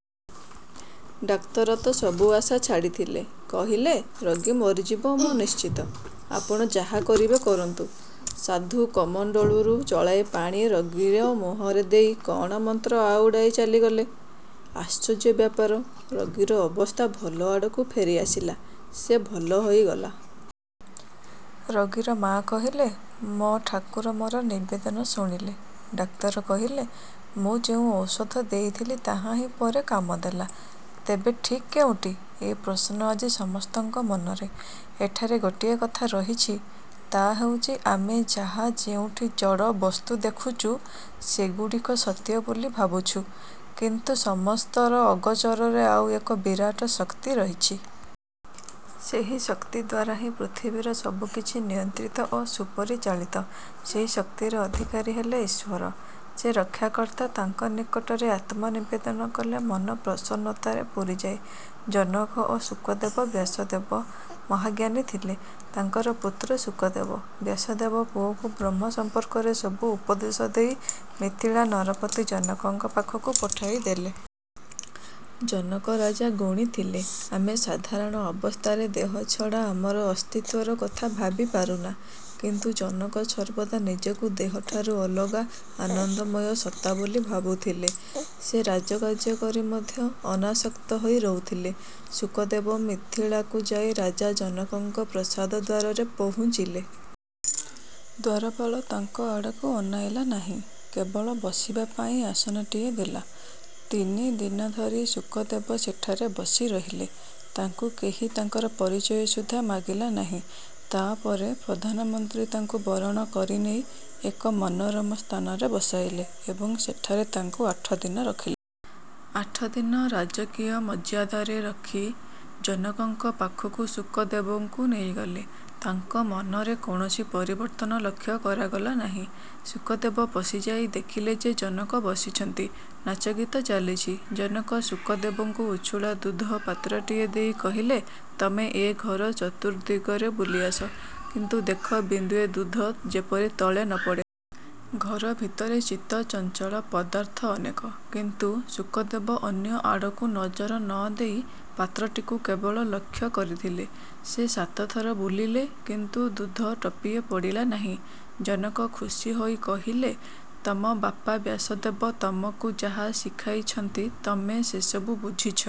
'' Doctor ତ ସବୁ ଆଶା ଛାଡ଼ିଥିଲେ; କହିଲେ-''ରୋଗୀ ମରିଯିବ ମୁଁ ନିଶ୍ଚିତ, ଆପଣ ଯାହା କରିବେ କରନ୍ତୁ। '' ସାଧୁ କମଣ୍ତଳୁରୁ ଚଳାଏ ପାଣି ରୋଗୀର ମୁହଁରେ ଦେଇ କ'ଣ ମନ୍ତ୍ର ଆଉଡ଼ାଇ ଚାଲିଗଲେ। ଆଶ୍ଚର୍ଯ୍ୟ ବ୍ୟାପାର, ରୋଗୀର ଅବସ୍ଥା ଭଲ ଆଡ଼କୁ ଫେରି ଆସିଲା, ସେ ଭଲ ହୋଇଗଲା। ରୋଗୀର ମା' କହିଲେ, ''ମୋ ଠାକୁର ମୋର ନିବେଦନ ଶୁଣିଲେ। '' ଡାକ୍ତର କହିଲେ, ''ମୁଁ ଯେଉଁ ଔଷଧ ଦେଇଥିଲି ତାହାହିଁ ପରେ କାମ ଦେଲା। '' ତେବେ ଠିକ୍ କେଉଁଟି, ଏ ପ୍ରଶ୍ନ ଆଜି ସମସ୍ତଙ୍କ ମନରେ। ଏଠାରେ ଗୋଟିଏ କଥା ରହିଛି। ତା' ହେଉଛି, ଆମେ ଯାହା ଯେଉଁଠି ଜଡ଼ ବସ୍ତୁ ଦେଖୁଚୁ, ସେଗୁଡ଼ିକ ସତ୍ୟ ବୋଲି ଭାବୁଛୁ; କିନ୍ତୁ ସମସ୍ତର ଅଗୋଚରରେ ଆଉ ଏକ ବିରାଟ ଶକ୍ତି ରହିଛି। ସେହି ଶକ୍ତି ଦ୍ୱାରାହିଁ ପୃଥିବୀର ସବୁକିଛି ନିୟନ୍ତ୍ରିତ ଓ ସୁପରିଚାଳିତ। ସେହି ଶକ୍ତିର ଅଧିକାରୀ ହେଲେ ଈଶ୍ୱର। ସେ ରକ୍ଷାକର୍ତ୍ତା; ତାଙ୍କ ନିକଟରେ ଆତ୍ମନିବେଦନ କଲେ ମନ ପ୍ରସନ୍ନତାରେ ପୂରିଯାଏ। ଜନକ ଓ ଶୁକଦେବ ବ୍ୟାସଦେବ ମହାଜ୍ଞାନୀ ଥିଲେ। ତାଙ୍କର ପୁତ୍ର ଶୁକଦେବ। ବ୍ୟାସଦେବ ପୁଅକୁ ବ୍ରହ୍ମ ସମ୍ପର୍କରେ ସବୁ ଉପଦେଶ ଦେଇ ମିଥିଳା ନରପତି ଜନକଙ୍କ ପାଖକୁ ପଠାଇ ଦେଲେ। ଜନକ ରାଜା ଗୁଣୀ ଥିଲେ। ଆମେ ସାଧାରଣ ଅବସ୍ଥାରେ ଦେହ ଛଡ଼ା ଆମର ଅସ୍ତିତ୍ୱର କଥା ଭାବି ପାରୁନା। କିନ୍ତୁ ଜନକ ସର୍ବଦା ନିଜକୁ ଦେହଠାରୁ ଅଲଗା ଆନନ୍ଦମୟ ସତ୍ତା ବୋଲି ଭାବୁଥିଲେ। ସେ ରାଜକାର୍ଯ୍ୟ କରି ମଧ୍ୟ ଅନାସକ୍ତ ହୋଇ ରହୁଥିଲେ। ଶୁକଦେବ ମିଥିଳାକୁ ଯାଇ ରାଜା ଜନକଙ୍କ ପ୍ରାସାଦଦ୍ୱାରରେ ପହୁଞ୍ଚିଲେ। ଦ୍ୱାରପାଳ ତାଙ୍କ ଆଡ଼କୁ ଅନାଇଲା ନାହିଁ, କେବଳ ବସିବା ପାଇଁ ଆସନଟିଏ ଦେଲା। ତିନିଦିନ ଧରି ଶୁକଦେବ ସେଠାରେ ବସି ରହିଲେ। ତାଙ୍କୁ କେହି ତାଙ୍କର ପରିଚୟ ସୁଦ୍ଧା ମାଗିଲା ନାହିଁ। ତା' ପରେ ପ୍ରଧାନମନ୍ତ୍ରୀ ତାଙ୍କୁ ବରଣ କରି ନେଇ ଏକ ମନୋରମ ସ୍ଥାନରେ ବସାଇଲେ ଏବଂ ସେଠାରେ ତାଙ୍କୁ ଆଠଦିନ ରଖିଲେ। ଆଠଦିନ ରାଜକୀୟ ମର୍ଯ୍ୟାଦାରେ ରଖି ଜନକଙ୍କ ପାଖକୁ ଶୁକଦେବଙ୍କୁ ନେଇଗଲେ। ତାଙ୍କ ମନରେ କୌଣସି ପରିବର୍ତ୍ତନ ଲକ୍ଷ୍ୟ କରାଗଲା ନାହିଁ। ଶୁକଦେବ ପଶିଯାଇ ଦେଖିଲେ ଯେ ଜନକ ବସିଛନ୍ତି, ନାଚ-ଗୀତ ଚାଲିଛି। ଜନକ ଶୁକଦେବଙ୍କୁ ଉଛୁଳା ଦୁଧପାତ୍ରଟିଏ ଦେଇ କହିଲେ, ''ତମେ ଏ ଘର ଚତୁର୍ଦ୍ଦିଗରେ ବୁଲି ଆସ, କିନ୍ତୁ ଦେଖ ବିନ୍ଦୁଏ ଦୁଧ ଯେପରି ତଳେ ନ ପଡ଼େ। '' ଘର ଭିତରେ ଚିତ୍ତ-ଚଞ୍ଚଳ ପଦାର୍ଥ ଅନେକ, କିନ୍ତୁ ଶୁକଦେବ ଅନ୍ୟ ଆଡ଼କୁ ନଜର ନ ଦେଇ ପାତ୍ରଟିକୁ କେବଳ ଲକ୍ଷ୍ୟ କରିଥିଲେ। ସେ ସାତଥର ବୁଲିଲେ କିନ୍ତୁ ଦୁଧ ଟୋପିଏ ପଡ଼ିଲା ନାହିଁ। ଜନକ ଖୁସି ହୋଇ କହିଲେ-''ତମ ବାପା ବ୍ୟାସଦେବ ତମକୁ ଯାହା ଶିଖାଇଛନ୍ତି, ତମେ ସେସବୁ ବୁଝିଛ।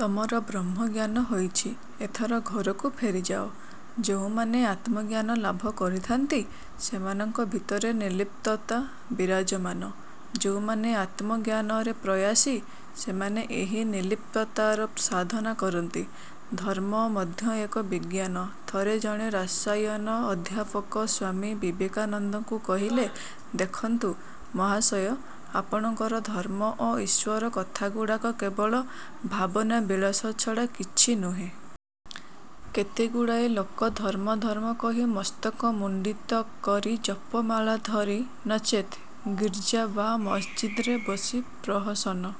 ତମର ବ୍ରହ୍ମଜ୍ଞାନ ହୋଇଛି। ଏଥର ଘରକୁ ଫେରିଯାଅ-। '' ଯେଉଁମାନେ ଆତ୍ମଜ୍ଞାନ ଲାଭ କରିଥାନ୍ତି, ସେମାନଙ୍କ ଭିତରେ ନିର୍ଲିପ୍ତତା ବିରାଜମାନ। ଯେଉଁମାନ ଆତ୍ମଜ୍ଞାନରେ ପ୍ରୟାସୀ ସେମାନେ ଏହି ନିର୍ଲିପ୍ତତାର ସାଧନା କରନ୍ତି। ଧର୍ମ ମଧ୍ୟ ଏକ ବିଜ୍ଞାନ ଥରେ ଜଣେ ରସାୟନ-ଅଧ୍ୟାପକ ସ୍ୱାମୀ ବିବେକାନନ୍ଦଙ୍କୁ କହିଲେ-''ଦେଖନ୍ତୁ ମହାଶୟ, ଆପଣଙ୍କର ଧର୍ମ ଓ ଈଶ୍ୱର କଥାଗୁଡ଼ାକ କେବଳ ଭାବନାବିଳାସ ଛଡ଼ା କିଛି ନୁହେଁ। କେତେଗୁଡ଼ାଏ ଲୋକ ଧର୍ମ ଧର୍ମ କହି ମସ୍ତକ ମୁଣ୍ଡିତ କରି ଜପମାଳା ଧରି, ନଚେତ୍ ଗିର୍ଜା ବା ମସଜିଦରେ ବସି ପ୍ରହସନ